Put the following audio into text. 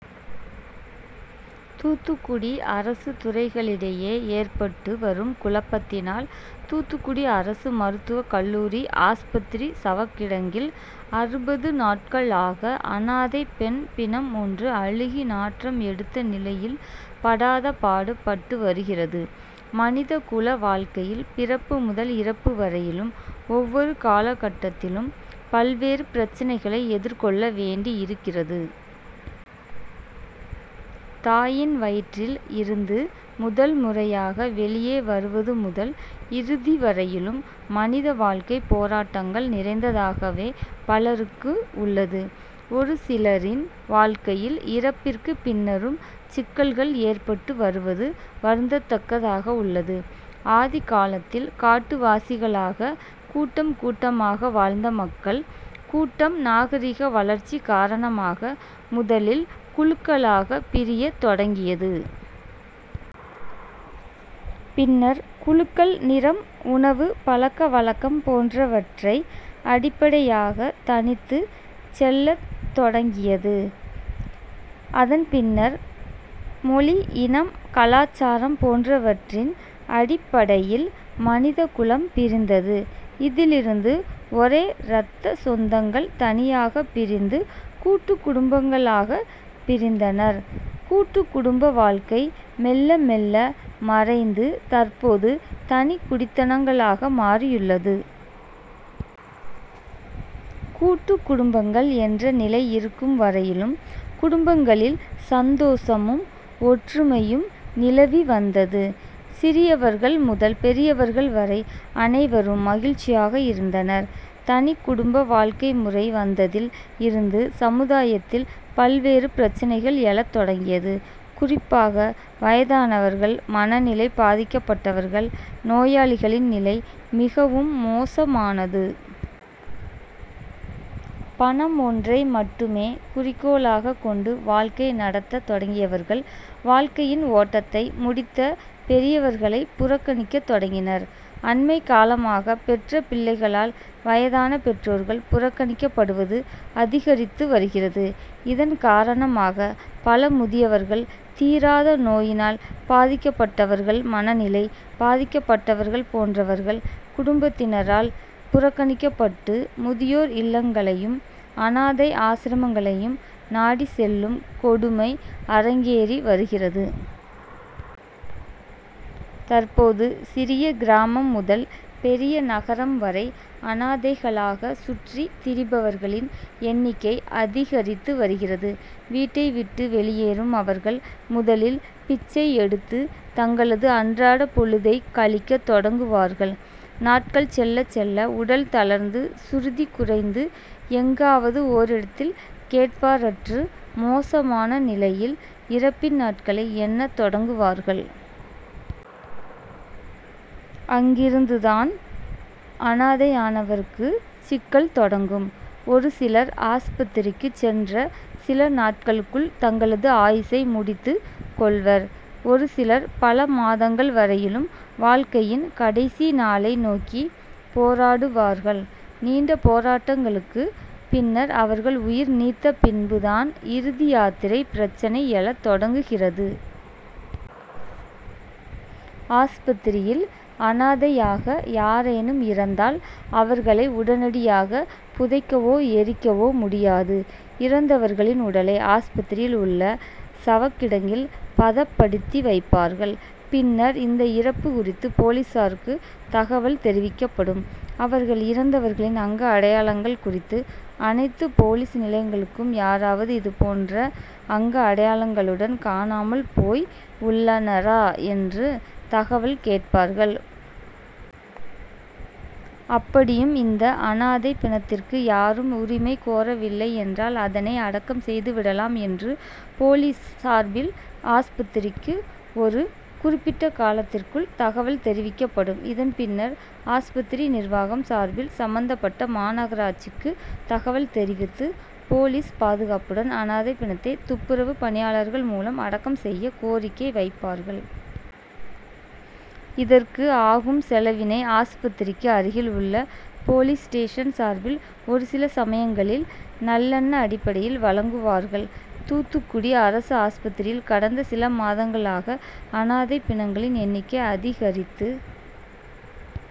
தூத்துக்குடி அரசு துறைகளிடையே ஏற்பட்டு வரும் குழப்பத்தினால் தூத்துக்குடி அரசு மருத்துவ கல்லூரி ஆஸ்பத்திரி சவகிடங்கில் அறுபது நாட்களாக அனாதை பெண் பிணம் ஒன்று அழுகி நாற்றம் எடுத்த நிலையில் படாதபாடு பட்டு வருகிறது. மனிதகுல வாழ்க்கையில் பிறப்பு முதல் இறப்பு வரையிலும் ஒவ்வொரு காலகட்டத்திலும் பல்வேறு பிரச்னைகளை எதிர்கொள்ள வேண்டி இருக்கிறது. தாயின் வயிற்றில் இருந்து முதல்முறையாக வெளியே வருவது முதல் இறுதிவரையிலும் மனித வாழ்க்கை போராட்டங்கள் நிறைந்ததாகவே பலருக்கு உள்ளது. ஒரு சிலரின் வாழ்க்கையில் இறப்பிற்கு பின்னரும் சிக்கல்கள் ஏற்பட்டு வருவது வருந்ததக்கதாக உள்ளது. ஆதிகாலத்தில் காட்டுவாசிகளாக கூட்டம் கூட்டமாக வாழ்ந்த மக்கள் கூட்டம் நாகரிக வளர்ச்சி காரணமாக முதலில் குழுக்களாக பிரியத் தொடங்கியது. பின்னர் குழுக்கள் நிறம், உணவு, பழக்க வழக்கம் போன்றவற்றை அடிப்படையாக தனித்து செல்லத் தொடங்கியது. அதன்பின்னர் மொழி, இனம், கலாச்சாரம் போன்றவற்றின் அடிப்படையில் மனிதகுலம் பிரிந்தது. இதிலிருந்து ஒரே ரத்தசொந்தங்கள் தனியாக பிரிந்து கூட்டு குடும்பங்களாக பிரிந்தனர். கூட்டு குடும்ப வாழ்க்கை மெல்ல மெல்ல மறைந்து தற்போது தனி குடித்தனங்களாக மாறியுள்ளது. கூட்டு குடும்பங்கள் என்ற நிலை இருக்கும் வரையிலும் குடும்பங்களில் சந்தோஷமும், ஒற்றுமையும் நிலவி வந்தது. சிறியவர்கள் முதல் பெரியவர்கள் வரை அனைவரும் மகிழ்ச்சியாக இருந்தனர். தனி குடும்ப வாழ்க்கை முறை வந்ததில் இருந்து சமுதாயத்தில் பல்வேறு பிரச்னைகள் எழத்தொடங்கியது. குறிப்பாக வயதானவர்கள், மனநிலை பாதிக்கப்பட்டவர்கள், நோயாளிகளின் நிலை மிகவும் மோசமானது. பணம் ஒன்றை மட்டுமே குறிக்கோளாக கொண்டு வாழ்க்கை நடத்த தொடங்கியவர்கள், வாழ்க்கையின் ஓட்டத்தை முடித்த பெரியவர்களை புறக்கணிக்க தொடங்கினர். அண்மை காலமாக பெற்ற பிள்ளைகளால் வயதான பெற்றோர்கள் புறக்கணிக்கப்படுவது அதிகரித்து வருகிறது. இதன் காரணமாக பல முதியவர்கள், தீராத நோயினால் பாதிக்கப்பட்டவர்கள், மனநிலை பாதிக்கப்பட்டவர்கள் போன்றவர்கள் குடும்பத்தினரால் புறக்கணிக்கப்பட்டு முதியோர் இல்லங்களையும், அனாதை ஆசிரமங்களையும் நாடி செல்லும் கொடுமை அரங்கேறி வருகிறது. தற்போது சிறிய கிராமம் முதல் பெரிய நகரம் வரை அனாதைகளாக சுற்றி திரிபவர்களின் எண்ணிக்கை அதிகரித்து வருகிறது. வீட்டை விட்டு வெளியேறும் அவர்கள் முதலில் பிச்சை எடுத்து தங்களது அன்றாட பொழுதை கழிக்க தொடங்குவார்கள். நாட்கள் செல்ல செல்ல உடல் தளர்ந்து, சுருதி குறைந்து எங்காவது ஓரிடத்தில் கேட்பாரற்று மோசமான நிலையில் இறப்பின் நாட்களை எண்ண தொடங்குவார்கள். அங்கிருந்து தான் அனாதையானவருக்கு சிக்கல் தொடங்கும். ஒருசிலர் ஆஸ்பத்திரிக்கு சென்ற சில நாட்களுக்குள் தங்களது ஆயுசை முடித்து கொள்வர். ஒரு சிலர் பல மாதங்கள் வரையிலும் வாழ்க்கையின் கடைசி நாளை நோக்கி போராடுவார்கள். நீண்ட போராட்டங்களுக்கு பின்னர் அவர்கள் உயிர் நீத்த பின்பு தான் இறுதியாத்திரை பிரச்னை எழத் தொடங்குகிறது. ஆஸ்பத்திரியில் அனாதையாக யாரேனும் இறந்தால் அவர்களை உடனடியாக புதைக்கவோ, எரிக்கவோ முடியாது. இறந்தவர்களின் உடலை ஆஸ்பத்திரியில் உள்ள சவக்கிடங்கில் பதப்படுத்தி வைப்பார்கள். பின்னர் இந்த இறப்பு குறித்து போலீசுக்கு தகவல் தெரிவிக்கப்படும். அவர்கள் இறந்தவர்களின் அங்க அடையாளங்கள் குறித்து அனைத்து போலீஸ் நிலையங்களுக்கும் யாராவது இதுபோன்ற அங்க அடையாளங்களுடன் காணாமல் போய் உள்ளனரா என்று தகவல் கேட்பார்கள். அப்படியும் இந்த அனாதை பிணத்திற்கு யாரும் உரிமை கோரவில்லை என்றால் அதனை அடக்கம் செய்துவிடலாம் என்று போலீஸ் சார்பில் ஆஸ்பத்திரிக்கு ஒரு குறிப்பிட்ட காலத்திற்குள் தகவல் தெரிவிக்கப்படும். இதன் பின்னர் ஆஸ்பத்திரி நிர்வாகம் சார்பில் சம்பந்தப்பட்ட மாநகராட்சிக்கு தகவல் தெரிவித்து போலீஸ் பாதுகாப்புடன் அனாதை பிணத்தை துப்புரவு பணியாளர்கள் மூலம் அடக்கம் செய்ய கோரிக்கை வைப்பார்கள். இதற்கு ஆகும் செலவினை ஆஸ்பத்திரிக்கு அருகில் உள்ள போலீஸ் ஸ்டேசன் சார்பில் ஒருசில சமயங்களில் நல்லெண்ண அடிப்படையில் வழங்குவார்கள். தூத்துக்குடி அரசு ஆஸ்பத்திரியில் கடந்த சில மாதங்களாக அனாதை பிணங்களின் எண்ணிக்கை அதிகரித்து